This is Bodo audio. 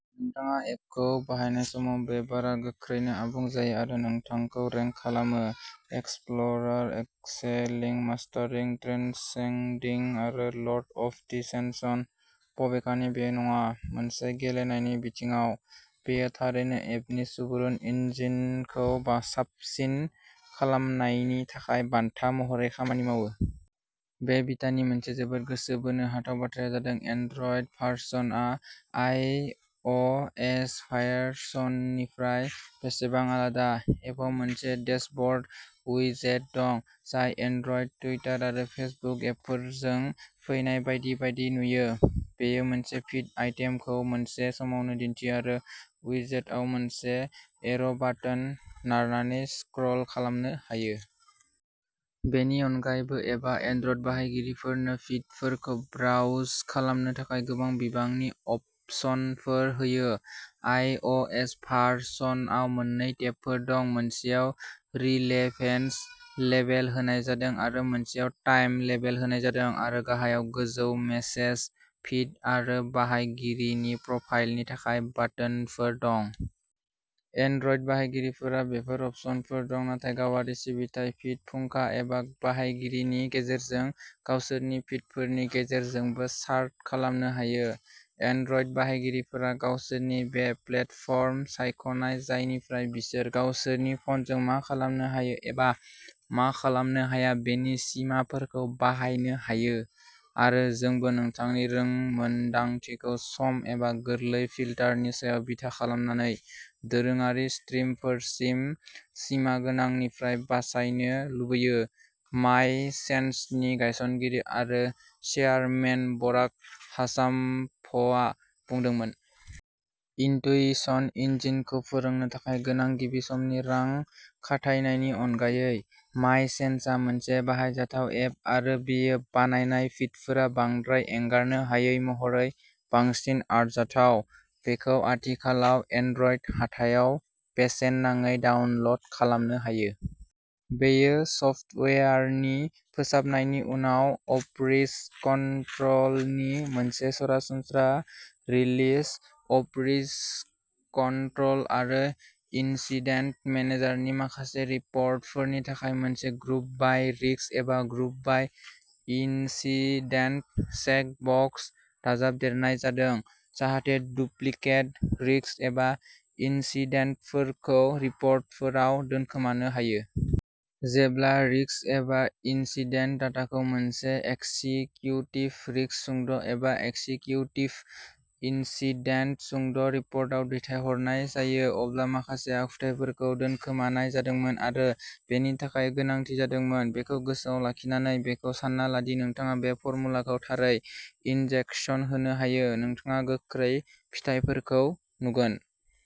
नोंथाङा एपखौ बाहायनाय समाव, बे बारआ गोख्रैनो आबुं जायो आरो नोंथांखौ रेंक खालामोः "एक्सप्ल'रार, एक्सेलिं, मास्टारिं, ट्रेन्सेंडिं, आरो लर्ड अफ दि सेन्सस। " बबेखानि बेयो नङा। मोनसे गेलेनायनि बिथिङाव, बेयो थारैनो एपनि सुबुरुन इन्जिनखौ साबसिन खालामनायनि थाखाय बान्था महरै खामानि मावो। बे बिटानि मोनसे जोबोर गोसो बोनो हाथाव बाथ्राया जादों एन्ड्रइड भारसनआ आइअ'एस भारसननिफ्राय बेसेबां आलादा। एपआव मोनसे डेशबर्ड उइजेट दं, जाय एन्ड्रइड टुइटार आरो फेसबुक एपफोरजों फैनाय बायदि बायदि नुयो। बेयो मोनसे फिड आइटेमखौ मोनसे समावनो दिन्थियो आरो उइजेटआव मोनसे एर'बाटोन नारनानै स्क्रल खालामनो हायो। बेनि अनगायैबो, एपआ एन्ड्रइड बाहायगिरिफोरनो फिडफोरखौ ब्राउज खालामनो थाखाय गोबां बिबांनि अपसनफोर होयो। आइअ'एस भारसनआव मोननै टेबफोर दं, मोनसेयाव "रिलेभेन्स" लेबेल होनाय जादों आरो मोनसेयाव "टाइम" लेबेल होनाय जादों, आरो गाहायाव गोजौ मेसेज, फिड आरो बाहायगिरिनि प्रफाइलनि थाखाय बाटोनफोर दं। एन्ड्रइड बाहायगिरिफोरा बेफोर अपसनफोर दं, नाथाय गावआरि सिबिथाय, फिड फुंखा एबा बाहायगिरिनि गेजेरजों गावसोरनि फिडफोरनि गेजेरजोंबो सार्ट खालामनो हायो। "एन्ड्रइड बाहायगिरिफोरा गावसोरनि बे प्लेटफर्म सायख'नाय जायनिफ्राय बिसोर गावसोरनि फ'नजों मा खालामनो हायो एबा मा खालामनो हाया बेनि सिमाफोरखौ बासायनो हायो, आरो जोंबो नोंथांनि रोंमोनदांथिखौ सम एबा गोरलै फिल्टारनि सायाव बिथा खालामनानै दोरोङारि स्ट्रिमफोरसिम सिमागोनांनिफ्राय बासायनो लुबैयो ", माय सेन्सनि गायसनगिरि आरो चेयारमेन बराक हाचामभआ बुंदोंमोन। इन्टुइशन इन्जिनखौ फोरोंनो थाखाय गोनां गिबि समनि रां खाथायनायनि अनगायै, माय सेन्सआ मोनसे बाहायजाथाव एप, आरो बेयो बानायनाय फिडफोरा बांद्राय एंगारनो हायै महरै बांसिन आरजाथाव। बेखौ आथिखालाव एन्ड्रइड हाथायाव बेसेन नाङै डाउनल'ड खालामनो हायो। बेयो सफ्टवेयारनि फोसाबनायनि उनाव अपरिस्ककन्ट्रोलनि मोनसे सरासनस्रा रिलिज। अपरिस्ककन्ट्रोल आरो इन्सिडेन्ट मेनेजारनि माखासे रिपर्टफोरनि थाखाय मोनसे ग्रुप बाइ रिस्क एबा group by incident check box दाजाबदेरनाय जादों जाहाथे डुप्लिकेट रिस्क एबा इन्सिडेन्टफोरखौ रिपर्टफोराव दोनखोमानो हायो। जेब्ला रिस्क एबा इन्सिडेन्ट डाटाखौ मोनसे एक्जिक्युटिभ रिस्क सुंद'एबा एक्जिक्युटिभ इन्सिडेन्ट सुंद'रिपर्टआव दैथायहरनाय जायो, अब्ला माखासे आखुथाइफोरखौ दोनखोमानाय जादोंमोन आरो बेनि थाखाय गोनांथि जादोंमोन। बेखौ गोसोआव लाखिनानै, बेखौ सान्ना ला दि नोंथाङा बे फर्मुलाखौ थारै इन्जेकसन होनो हायो, नोंथाङा गोख्रै फिथायफोरखौ नुगोन।